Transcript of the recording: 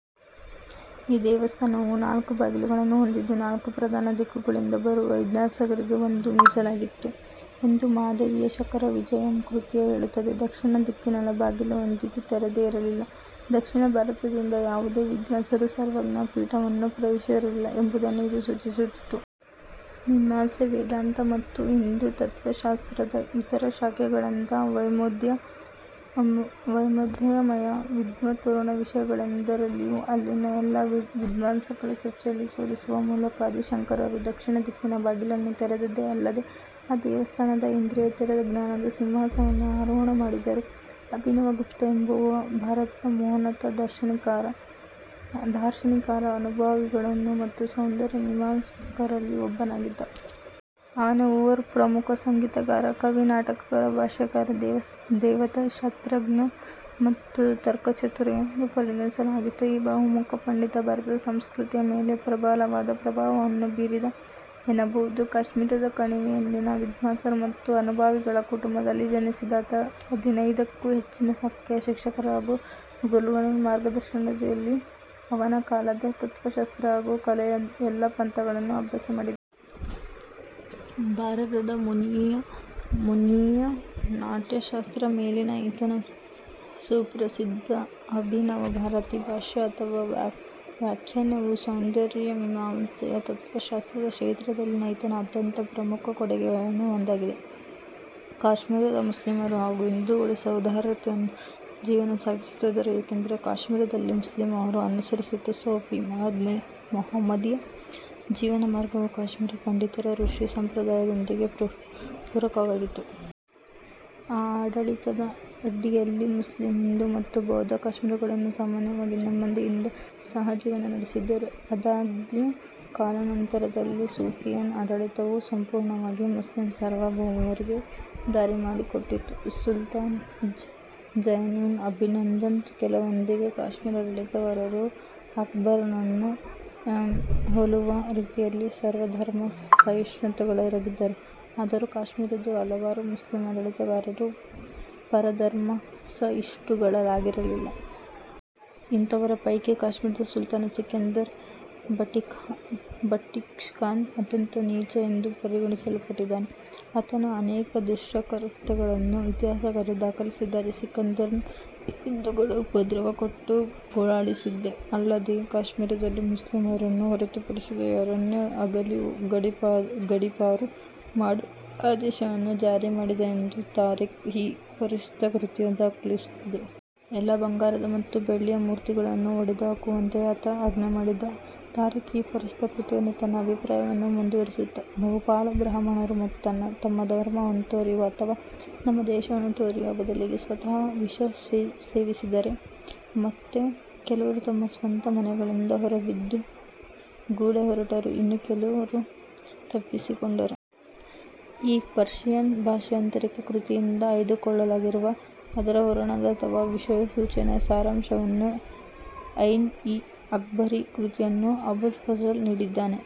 ಈ ದೇವಸ್ಥಾನವು ನಾಲ್ಕು ಬಾಗಿಲುಗಳನ್ನು ಹೊಂದಿದ್ದು, ನಾಲ್ಕು ಪ್ರಧಾನ ದಿಕ್ಕುಗಳಿಂದ ಬರುವ ವಿದ್ವಾಂಸರಿಗಾಗಿ ಅದು ಮೀಸಲಾಗಿತ್ತು ಎಂದು ಮಾಧವೀಯ ಶಂಕರವಿಜಯಂ ಕೃತಿಯು ಹೇಳುತ್ತದೆ. ದಕ್ಷಿಣ ದಿಕ್ಕಿನ ಬಾಗಿಲು ಎಂದಿಗೂ ತೆರೆದೇ ಇರಲಿಲ್ಲ. ದಕ್ಷಿಣ ಭಾರತದಿಂದ ಯಾವುದೇ ವಿದ್ವಾಂಸರೂ ಸರ್ವಜ್ಞ ಪೀಠವನ್ನು ಪ್ರವೇಶಿಸಿರಲಿಲ್ಲ ಎಂಬುದನ್ನು ಇದು ಸೂಚಿಸುತ್ತಿತ್ತು. ಮೀಮಾಂಸೆ, ವೇದಾಂತ ಮತ್ತು ಹಿಂದೂ ತತ್ತ್ವಶಾಸ್ತ್ರದ ಇತರ ಶಾಖೆಗಳಂಥ ವೈವಿಧ್ಯಮಯ ವಿದ್ವತ್ಪೂರ್ಣ ವಿಷಯಗಳೆಲ್ಲದರಲ್ಲಿಯೂ ಅಲ್ಲಿನ ಎಲ್ಲಾ ವಿದ್ವಾಂಸರನ್ನೂ ಚರ್ಚೆಯಲ್ಲಿ ಸೋಲಿಸುವ ಮೂಲಕ, ಆದಿ ಶಂಕರರು ದಕ್ಷಿಣ ದಿಕ್ಕಿನ ಬಾಗಿಲನ್ನು ತೆರೆದದ್ದೇ ಅಲ್ಲದೇ, ಆ ದೇವಸ್ಥಾನದ ಇಂದ್ರಿಯಾತೀತ ಜ್ಞಾನದ ಸಿಂಹಾಸನವನ್ನು ಆರೋಹಣ ಮಾಡಿದರು. ಅಭಿನವಗುಪ್ತ ಎಂಬುವವ ಭಾರತದ ಮಹೋನ್ನತ ದಾರ್ಶನಿಕರು, ಅನುಭಾವಿಗಳು ಮತ್ತು ಸೌಂದರ್ಯ ಮೀಮಾಂಸಕರಲ್ಲಿ ಒಬ್ಬನಾಗಿದ್ದ. ಅವನನ್ನು ಓರ್ವ ಪ್ರಮುಖ ಸಂಗೀತಗಾರ, ಕವಿ, ನಾಟಕಕಾರ, ಭಾಷ್ಯಕಾರ, ದೇವತಾಶಾಸ್ತ್ರಜ್ಞ, ಮತ್ತು ತರ್ಕಚತುರ ಎಂದೂ ಪರಿಗಣಿಸಲಾಗಿತ್ತು. ಈ ಬಹುಮುಖ ಪಂಡಿತ ಭಾರತದ ಸಂಸ್ಕೃತಿಯ ಮೇಲೆ ಪ್ರಬಲವಾದ ಪ್ರಭಾವವನ್ನು ಬೀರಿದ ಎನ್ನಬಹುದು. ಕಾಶ್ಮೀರದ ಕಣಿವೆ ಯಲ್ಲಿನ ವಿದ್ವಾಂಸರು ಮತ್ತು ಅನುಭಾವಿಗಳ ಕುಟುಂಬದಲ್ಲಿ ಜನಿಸಿದ ಆತ, ಹದಿನೈದಕ್ಕೂ ಹೆಚ್ಚಿನ ಸಂಖ್ಯೆಯ ಶಿಕ್ಷಕರು ಹಾಗೂ ಗುರುಗಳ ಮಾರ್ಗದರ್ಶನದಡಿಯಲ್ಲಿ, ಅವನ ಕಾಲದ ತತ್ತ್ವಶಾಸ್ತ್ರ ಹಾಗೂ ಕಲೆಯ ಎಲ್ಲಾ ಪಂಥಗಳನ್ನೂ ಅಭ್ಯಾಸ ಮಾಡಿದ. ಭರತ ಮುನಿಯ ನಾಟ್ಯಶಾಸ್ತ್ರ ಮೇಲಿನ ಈತನ ಸುಪ್ರಸಿದ್ಧ ಅಭಿನವಭಾರತಿ ಭಾಷ್ಯ ಅಥವಾ ವ್ಯಾಖ್ಯಾನವು ಸೌಂದರ್ಯಮೀಮಾಂಸೆಯ ತತ್ತ್ವಶಾಸ್ತ್ರದ ಕ್ಷೇತ್ರದಲ್ಲಿನ ಈತನ ಅತ್ಯಂತ ಪ್ರಮುಖ ಕೊಡುಗೆಗಳಲ್ಲಿ ಒಂದಾಗಿದೆ. ಕಾಶ್ಮೀರದ ಮುಸ್ಲಿಮರು ಹಾಗೂ ಹಿಂದೂಗಳು ಸೌಹಾರ್ದತೆಯಲ್ಲಿ ಜೀವನ ಸಾಗಿಸುತ್ತಿದ್ದರು. ಏಕೆಂದರೆ, ಕಾಶ್ಮೀರದಲ್ಲಿನ ಮುಸ್ಲಿಮರು ಅನುಸರಿಸುತ್ತಿದ್ದ ಸೂಫಿ -ಮಹಮ್ಮದೀಯ ಜೀವನಮಾರ್ಗವು ಕಾಶ್ಮೀರಿ ಪಂಡಿತರ ಋಷಿ ಸಂಪ್ರದಾಯದೊಂದಿಗೆ ಪೂರಕವಾಗಿತ್ತು. ಈ ಆಡಳಿತದ ಅಡಿಯಲ್ಲಿ, ಮುಸ್ಲಿಂ, ಹಿಂದೂ ಮತ್ತು ಬೌದ್ಧ ಕಾಶ್ಮೀರಿಗಳು ಸಾಮಾನ್ಯವಾಗಿ ನೆಮ್ಮದಿಯಿಂದ ಸಹಜೀವನ ನಡೆಸಿದ್ದರು. ಆದಾಗ್ಯೂ, ಕಾಲಾನಂತರದಲ್ಲಿ ಸೂಫಿಯಾನಾ ಆಡಳಿತವು ಸಂಪೂರ್ಣವಾಗಿ ಮುಸ್ಲಿಂ ಸಾರ್ವಭೌಮರಿಗೆ ದಾರಿಮಾಡಿಕೊಟ್ಟಿತು. ಸುಲ್ತಾನ್ ಝೈನ್-ಉಲ್-ಅಬಿದಿನ್ನಂತಹ ಕೆಲವೊಂದು ಕಾಶ್ಮೀರಿ ಆಡಳಿತಗಾರರು ಅಕ್ಬರ್ನನ್ನು ಹೋಲುವ ರೀತಿಯಲ್ಲಿ ಸರ್ವಧರ್ಮ ಸಹಿಷ್ಣುಗಳಾಗಿದ್ದರು. ಆದರೂ, ಕಾಶ್ಮೀರದ ಹಲವಾರು ಮುಸ್ಲಿಂ ಆಡಳಿತಗಾರರು ಪರಧರ್ಮಸಹಿಷ್ಣುಗಳಾಗಿರಲಿಲ್ಲ. ಇಂಥವರ ಪೈಕಿ ಕಾಶ್ಮೀರದ ಸುಲ್ತಾನ್ ಸಿಕಂದರ್ ಬಟ್ಷಿಕಾನ್ ಅತ್ಯಂತ ನೀಚ ಎಂದು ಪರಿಗಣಿಸಲ್ಪಟ್ಟಿದ್ದಾನೆ. ಆತನ ಅನೇಕ ದುಷ್ಕೃತ್ಯಗಳನ್ನು ಇತಿಹಾಸಕಾರರು ದಾಖಲಿಸಿದ್ದಾರೆ. ಸಿಕಂದರ್ನು ಹಿಂದೂಗಳಿಗೆ ಉಪದ್ರವ ಕೊಟ್ಟು ಗೋಳಾಡಿಸಿದ್ದೇ ಅಲ್ಲದೇ, ಕಾಶ್ಮೀರದಲ್ಲಿ ಮುಸ್ಲಿಮರನ್ನು ಹೊರತುಪಡಿಸಿದ ಯಾರನ್ನೇ ಆಗಲಿ ಗಡೀಪಾರು ಮಾಡುವ ಆದೇಶವನ್ನು ಜಾರಿಮಾಡಿದ ಎಂದು ತಾರೀಖ್-ಇ-ಫರಿಶ್ತಾ ಕೃತಿಯು ದಾಖಲಿಸುತ್ತದೆ. ಎಲ್ಲಾ "ಬಂಗಾರದ ಮತ್ತು ಬೆಳ್ಳಿಯ ಮೂರ್ತಿಗಳನ್ನು" ಒಡೆದುಹಾಕುವಂತೆಯೂ ಆತ ಆಜ್ಞೆಮಾಡಿದ. ತಾರೀಖ್-ಇ-ಫರಿಶ್ತಾ ಕೃತಿಯು ತನ್ನ ಅಭಿಪ್ರಾಯವನ್ನು ಮುಂದುವರೆಸುತ್ತಾ, "ಬಹುಪಾಲು ಬ್ರಾಹ್ಮಣರು ತಮ್ಮ ಧರ್ಮವನ್ನು ತೊರೆಯುವ ಅಥವಾ ತಮ್ಮ ದೇಶವನ್ನು ತೊರೆಯುವ ಬದಲಿಗೆ ಸ್ವತಃ ವಿಷ ಸೇವಿಸಿದರೆ, ಮತ್ತೆ ಕೆಲವರು ತಮ್ಮ ಸ್ವಂತ ಮನೆಗಳಿಂದ ಹೊರಬಿದ್ದು ಗುಳೆಹೊರಟರು, ಇನ್ನು ಕೆಲವರು ತಪ್ಪಿಸಿಕೊಂಡರು. ಈ ಪರ್ಷಿಯನ್ ಭಾಷಾಂತರಿತ ಕೃತಿಯಿಂದ ಆಯ್ದುಕೊಳ್ಳಲಾಗಿರುವ ಅದರ ಹೂರಣದ ಅಥವಾ ವಿಷಯಸೂಚಿಯ ಸಾರಾಂಶವನ್ನು ಐನ್-ಇ-ಅಕ್ಬರಿ ಕೃತಿಯಲ್ಲಿ ಅಬುಲ್ ಫಜಲ್ ನೀಡಿದ್ದಾನೆ.